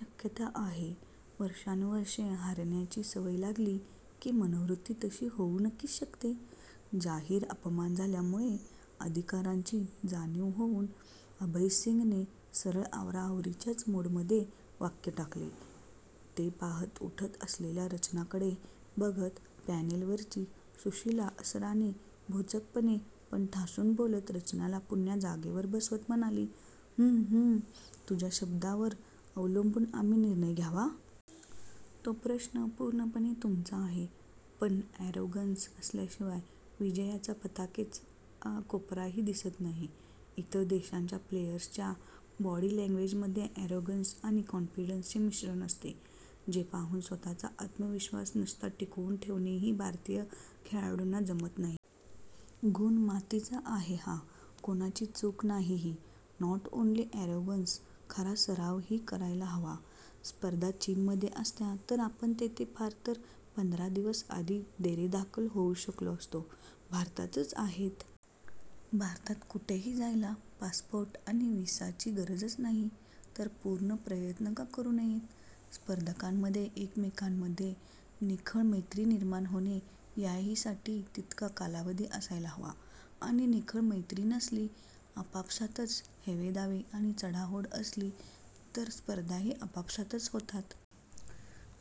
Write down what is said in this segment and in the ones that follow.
शक्यता आहे, वर्षानुवर्षे हारण्याची सवय लागली की मनोवृत्ती तशी होऊ नक्कीच शकते. " जाहीर अपमान झाल्यामुळे अधिकारांची जाणीव होऊन अभय सिंगने सरळ आवराआवरीच्याच मूडमध्ये वाक्य टाकले. ते पाहून उठत असलेल्या रचनाकडे बघत पॅनेलवरची सुशिला असरानी भोचकपणे पण ठासून बोलत रचनाला पुन्हा जागेवर बसवत म्हणाली, "हं-हं तुझ्या शब्दावर अवलंबून आम्ही निर्णय घ्यावा? " "तो प्रश्न पूर्णपणे तुमचा आहे. पण ॲरोगन्स रोगन्स असल्याशिवाय विजयाच्या पताकेचा कोपराही दिसत नाही. इतर देशांच्या प्लेयर्सच्या बॉडी लॅन्ग्वेजमध्ये ॲरोगन्स आणि कॉन्फिडन्सचे मिश्रण असते. जे पाहून स्वतःचा आत्मविश्वास नुसता टिकवून ठेवणेही भारतीय खेळाडूंना जमत नाही. गुण मातीचा आहे हा, कोणाची चूक नाही ही. " "नॉट, ओन्ली ॲरोगन्स खरा सरावही करायला हवा स्पर्धा चीनमध्ये असत्या तर आपण तेथे फार तर पंधरा दिवस आधी डेरेदाखल होऊ शकलो असतो. भारतातच आहेत. भारतात कुठेही जायला पासपोर्ट आणि व्हिसाची गरजच नाही, तर पूर्ण प्रयत्न का करू नयेत? स्पर्धकांमध्ये एकमेकांमध्ये निखळ मैत्री निर्माण होणे याहीसाठी तितका कालावधी असायला हवा, आणि निखळ मैत्री नसली. आपापसातच हेवेदावे आणि चढाओढ असली तरस्पर्धाही आपापसातच होतात.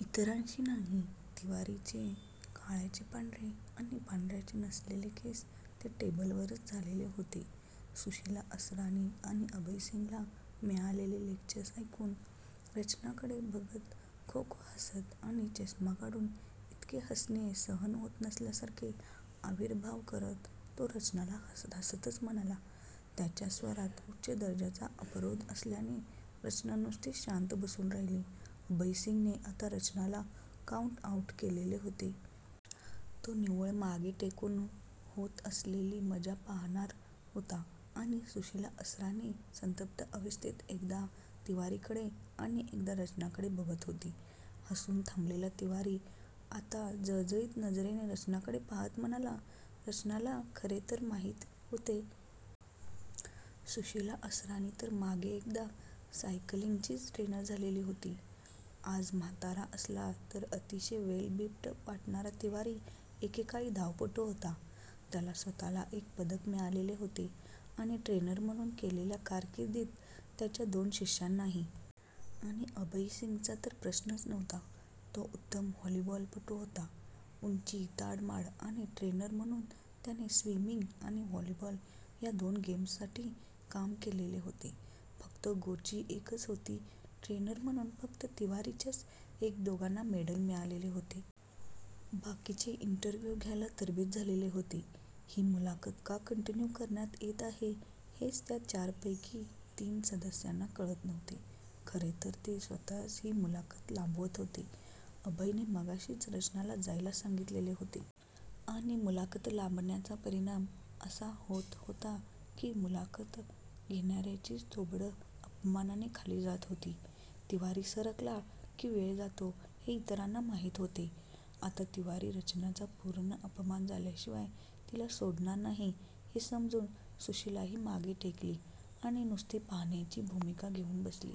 इतरांशी नाही." तिवारीचे काळ्याचे पांढरे आणि पांढर्याचे 'नसलेले' केस त्या टेबलवरच झालेले होते .सुशिला असरानी आणि अभय सिंगला मिळालेली लेक्चर्स ऐकून रचनाकडे बघत खोखो हासत आणि चष्मा काढून 'इतके हासणे' सहन होत नसल्यासारखे आविर्भाव करत तो रचनाला हासत हासतच म्हणाला, त्याच्या स्वरात उच्च दर्जाचा उपरोध असल्याने रचना नुसतीच शांत बसून राहिली, अभय सिंगने आता रचनाला काउन्ट आऊट केलेले होते. तो निव्वळ मागे टेकून होत असलेली मजा पाहणार होता... आणि सुशिला असरानी संतप्त अवस्थेत एकदा तिवारीकडे आणि एकदा रचनाकडे बघत होती. हसून थांबलेला तिवारी आता जळजळीत नजरेने रचनाकडे पाहात म्हणाला. रचनाला खरे तर माहीत होते. सुशिला असरानी तर मागे एकदा सायकलिंगचीच ट्रेनर झालेली होती. आज म्हातारा असला तरी अतिशय वेल बिल्ट वाटणारा तिवारी एकेकाळी धावपटू होता. त्याला स्वतःला एक पदक मिळालेले होते आणि ट्रेनर म्हणून केलेल्या कारकीर्दीत त्याच्या दोन शिष्यांनाही. आणि अभय सिंगचा तर प्रश्नच नव्हता. तो उत्तम व्हॉलीबॉलपटू होता. उंची ताडमाड, आणि ट्रेनर म्हणून त्याने स्विमिंग आणि व्हॉलीबॉल या दोन गेम्ससाठी काम केलेले होते... फक्त गोची एकच होती. ट्रेनर म्हणून फक्त तिवारीच्याच एक दोघांना मेडल मिळालेले होते. बाकीचे इन्टरव्ह्यू घ्यायला तरबेज झालेले होते. ही मुलाखत का कन्टिन्यू करण्यात येत आहे हेच त्या चारपैकी तीन सदस्यांना कळत नव्हते, खरे तर ते स्वतःच ही मुलाखत लांबवत होते. अभयने मगाशीच रचनाला जायला सांगितलेले होते. आणि मुलाखत लांबण्याचा परिणाम असा होत होता की मुलाखत घेणार्यांचीच थोबाडं अपमानाने खाली जात होती. तिवारी सरकला की वेळ जातो हे इतरांना माहीत होते. आता तिवारी रचनाचा पूर्ण अपमान झाल्याशिवाय तिला सोडणार नाही हे समजून सुशिलाही मागे टेकली आणि नुसते पाहण्याची भूमिका घेऊन बसली...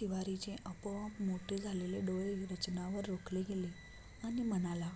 तिवारीचे आपोआप मोठे झालेले डोळे रचनावर रोखले गेले आणि म्हणाला.